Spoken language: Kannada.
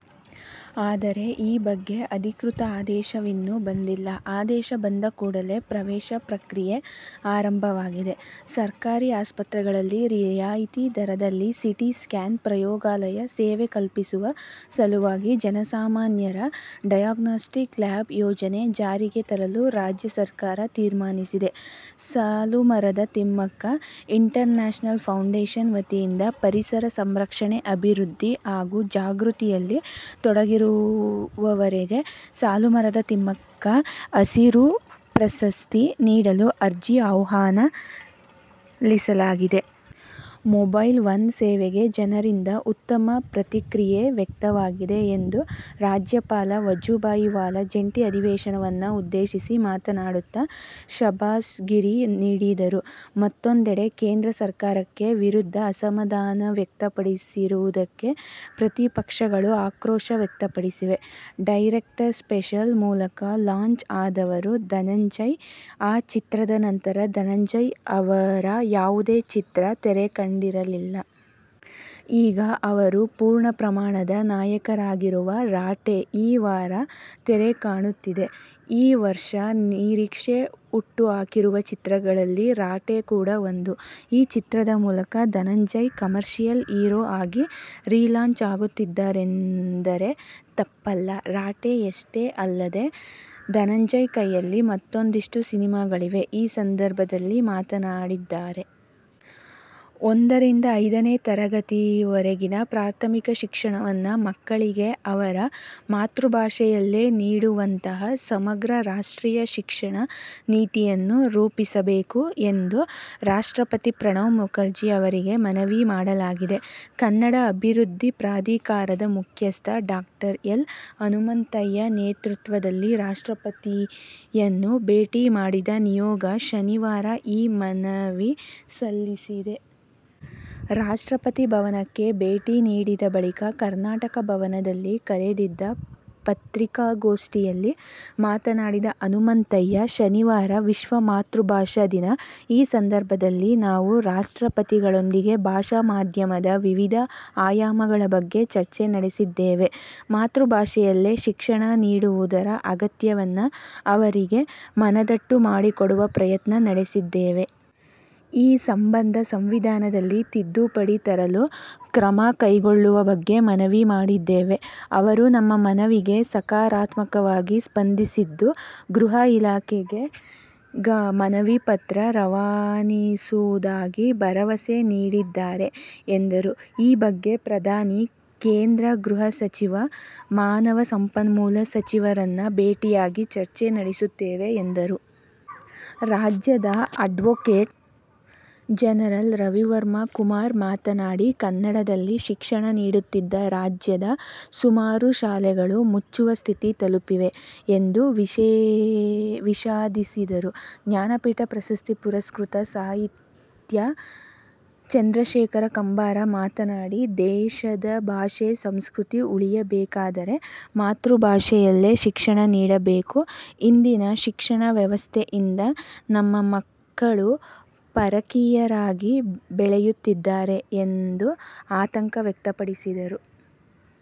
ಆದರೆ ಈ ಬಗ್ಗೆ ಅಧಿಕೃತ ಆದೇಶವಿನ್ನೂ ಬಂದಿಲ್ಲ. ಆದೇಶ ಬಂದ ಕೂಡಲೇ ಪ್ರವೇಶ ಪ್ರಕ್ರಿಯೆ ಆರಂಭವಾಗಿದೆ. ಸರ್ಕಾರಿ ಆಸ್ಪತ್ರೆಗಳಲ್ಲಿ ರಿಯಾಯಿತಿ ದರದಲ್ಲಿ ಸಿ. ಟಿ. ಸ್ಕ್ಯಾನ್, ಪ್ರಯೋಗಾಲಯ ಸೇವೆ ಕಲ್ಪಿಸುವ ಸಲುವಾಗಿ ಜನಸಾಮಾನ್ಯರ ಡಯೋಗ್ನಾಸ್ಟಿಕ್ ಲ್ಯಾಬ್ ಯೋಜನೆ ಜಾರಿಗೆ ತರಲು ರಾಜ್ಯ ಸರ್ಕಾರ ತೀರ್ಮಾನಿಸಿದೆ. ಸಾಲುಮರದ ತಿಮ್ಮಕ್ಕ ಇಂಟರ್ನ್ಯಾಷನಲ್ ಫೌಂಡೇಷನ್ ವತಿಯಿಂದ ಪರಿಸರ ಸಂರಕ್ಷಣೆ, ಅಭಿವೃದ್ಧಿ ಹಾಗೂ ಜಾಗೃತಿಯಲ್ಲಿ ತೊಡಗಿರುವವರಿಗೆ "ಸಾಲುಮರದ ತಿಮ್ಮಕ್ಕ ಹಸಿರು ಪ್ರಶಸ್ತಿ' ನೀಡಲು ಅರ್ಜಿ ಆಹ್ವಾನಿಸಲಾಗಿದೆ. ಮೊಬೈಲ್ ಒನ್ ಸೇವೆಗೆ ಜನರಿಂದ ಉತ್ತಮ ಪ್ರತಿಕ್ರಿಯೆ ವ್ಯಕ್ತವಾಗಿದೆ ಎಂದು ರಾಜ್ಯಪಾಲ ವಜುಭಾಯಿ ವಾಲಾ ಜಂಟಿ ಅಧಿವೇಶನವನ್ನು ಉದ್ದೇಶಿಸಿ ಮಾತನಾಡುತ್ತ ಶಹಬ್ಬಾಸ್ ಗಿರಿ ನೀಡಿದರು. ಮತ್ತೊಂದೆಡೆ ಕೇಂದ್ರ ಸರ್ಕಾರದ ವಿರುದ್ಧ ಅಸಮಾಧಾನವ್ಯಕ್ತಪಡಿಸಿರುವುದಕ್ಕೆ ಪ್ರತಿಪಕ್ಷಗಳು ಆಕ್ರೋಶ ವ್ಯಕ್ತಪಡಿಸಿವೆ. "ಡೈರೆಕ್ಟರ್ ಸ್ಪೆಷಲ್' ಮೂಲಕ ಲಾಂಚ್ ಆದವರು ಧನಂಜಯ್. ಆ ಚಿತ್ರದ ನಂತರ ಧನಂಜಯ್ ಅವರ ಯಾವುದೇ ಚಿತ್ರ ತೆರೆಕಂಡಿರಲಿಲ್ಲ. ಈಗ ಅವರು ಪೂರ್ಣಪ್ರಮಾಣದ ನಾಯಕರಾಗಿರುವ "ರಾಟೆ' ಈ ವಾರ ತೆರೆಕಾಣುತ್ತಿದೆ. ಈ ವರ್ಷ ನಿರೀಕ್ಷೆ ಹುಟ್ಟುಹಾಕಿರುವ ಚಿತ್ರಗಳಲ್ಲಿ "ರಾಟೆ' ಕೂಡಾ ಒಂದು. ಈ ಚಿತ್ರದ ಮೂಲಕ ಧನಂಜಯ್ ಕಮರ್ಷಿಯಲ್ ಹೀರೋ ಆಗಿ ರೀಲಾಂಚ್ ಆಗುತ್ತಿದ್ದಾರೆಂದರೆ ತಪ್ಪಲ್ಲ. "ರಾಟೆ'ಯಷ್ಟೇ ಅಲ್ಲದೇ, ಧನಂಜಯ್ ಕೈಯಲ್ಲಿ ಮತ್ತೂಂದಿಷ್ಟು ಸಿನಿಮಾಗಳಿವೆ. ಈ ಸಂದರ್ಭದಲ್ಲಿ ಮಾತನಾಡಿದ್ದಾರೆ. ಒಂದರಿಂದ ಐದನೇ ತರಗತಿವರೆಗಿನ ಪ್ರಾಥಮಿಕ ಶಿಕ್ಷಣವನ್ನು ಮಕ್ಕಳಿಗೆ ಅವರ ಮಾತೃಭಾಷೆಯಲ್ಲೇ ನೀಡುವಂತಹ ಸಮಗ್ರ ರಾಷ್ಟ್ರೀಯ ಶಿಕ್ಷಣ ನೀತಿಯನ್ನು ರೂಪಿಸಬೇಕು ಎಂದು ರಾಷ್ಟ್ರಪತಿ ಪ್ರಣವ್ ಮುಖರ್ಜಿ ಅವರಿಗೆ ಮನವಿ ಮಾಡಲಾಗಿದೆ. ಕನ್ನಡ ಅಭಿವೃದ್ಧಿ ಪ್ರಾಧಿಕಾರದ ಮುಖ್ಯಸ್ಥ ಡಾ. ಎಲ್. ಹನುಮಂತಯ್ಯ ನೇತೃತ್ವದಲ್ಲಿ ರಾಷ್ಟ್ರಪತಿಯನ್ನು ಭೇಟಿ ಮಾಡಿದ ನಿಯೋಗ, ಶನಿವಾರ ಈ ಮನವಿ ಸಲ್ಲಿಸಿದೆ. ರಾಷ್ಟ್ರಪತಿ ಭವನಕ್ಕೆ ಭೇಟಿ ನೀಡಿದ ಬಳಿಕ ಕರ್ನಾಟಕ ಭವನದಲ್ಲಿ ಕರೆದಿದ್ದ ಪತ್ರಿಕಾಗೋಷ್ಠಿಯಲ್ಲಿ ಮಾತನಾಡಿದ ಹನುಮಂತಯ್ಯ, ಶನಿವಾರ ವಿಶ್ವ ಮಾತೃಭಾಷಾ ದಿನ. ಈ ಸಂದರ್ಭದಲ್ಲಿ ನಾವು ರಾಷ್ಟ್ರಪತಿಗಳೊಂದಿಗೆ ಭಾಷಾ ಮಾಧ್ಯಮದ ವಿವಿಧ ಆಯಾಮಗಳ ಬಗ್ಗೆ ಚರ್ಚೆ ನಡೆಸಿದ್ದೇವೆ. ಮಾತೃಭಾಷೆಯಲ್ಲೇ ಶಿಕ್ಷಣ ನೀಡುವುದರ ಅಗತ್ಯವನ್ನು ಅವರಿಗೆ ಮನದಟ್ಟು ಮಾಡಿಕೊಡುವ ಪ್ರಯತ್ನ ನಡೆಸಿದ್ದೇವೆ. ಈ ಸಂಬಂಧ ಸಂವಿಧಾನದಲ್ಲಿ ತಿದ್ದುಪಡಿ ತರಲು ಕ್ರಮ ಕೈಗೊಳ್ಳುವ ಬಗ್ಗೆ ಮನವಿ ಮಾಡಿದ್ದೇವೆ. ಅವರು ನಮ್ಮ ಮನವಿಗೆ ಸಕಾರಾತ್ಮಕವಾಗಿ ಸ್ಪಂದಿಸಿದ್ದು ಗೃಹ ಇಲಾಖೆಗೆ ಮನವಿ ಪತ್ರ ರವಾನಿಸುವುದಾಗಿ ಭರವಸೆ ನೀಡಿದ್ದಾರೆ ಎಂದರು. ಈ ಬಗ್ಗೆ ಪ್ರಧಾನಿ, ಕೇಂದ್ರ ಗೃಹ ಸಚಿವ, ಮಾನವ ಸಂಪನ್ಮೂಲ ಸಚಿವರನ್ನೂ ಭೇಟಿಯಾಗಿ, ಚರ್ಚೆ ನಡೆಸುತ್ತೇವೆ ಎಂದರು. ರಾಜ್ಯದ ಅಡ್ವೋಕೇಟ್ ಜನರಲ್ ರವಿವರ್ಮ ಕುಮಾರ್ ಮಾತನಾಡಿ, ಕನ್ನಡದಲ್ಲಿ ಶಿಕ್ಷಣ ನೀಡುತ್ತಿದ್ದ ರಾಜ್ಯದ ಸುಮಾರು ಶಾಲೆಗಳು ಮುಚ್ಚುವ ಸ್ಥಿತಿ ತಲುಪಿವೆ ಎಂದು ವಿಷಾದಿಸಿದರು. ಜ್ಞಾನಪೀಠ ಪ್ರಶಸ್ತಿ ಪುರಸ್ಕೃತ ಸಾಹಿತಿ ಚಂದ್ರಶೇಖರ ಕಂಬಾರ ಮಾತನಾಡಿ, ದೇಶದ ಭಾಷೆ, ಸಂಸ್ಕೃತಿ ಉಳಿಯಬೇಕಾದರೆ ಮಾತೃಭಾಷೆಯಲ್ಲೇ ಶಿಕ್ಷಣ ನೀಡಬೇಕು. ಇಂದಿನ ಶಿಕ್ಷಣ ವ್ಯವಸ್ಥೆಯಿಂದ ನಮ್ಮ ಮಕ್ಕಳು ಪರಕೀಯರಾಗಿ ಬೆಳೆಯುತ್ತಿದ್ದಾರೆ ಎಂದು ಆತಂಕ ವ್ಯಕ್ತಪಡಿಸಿದರು.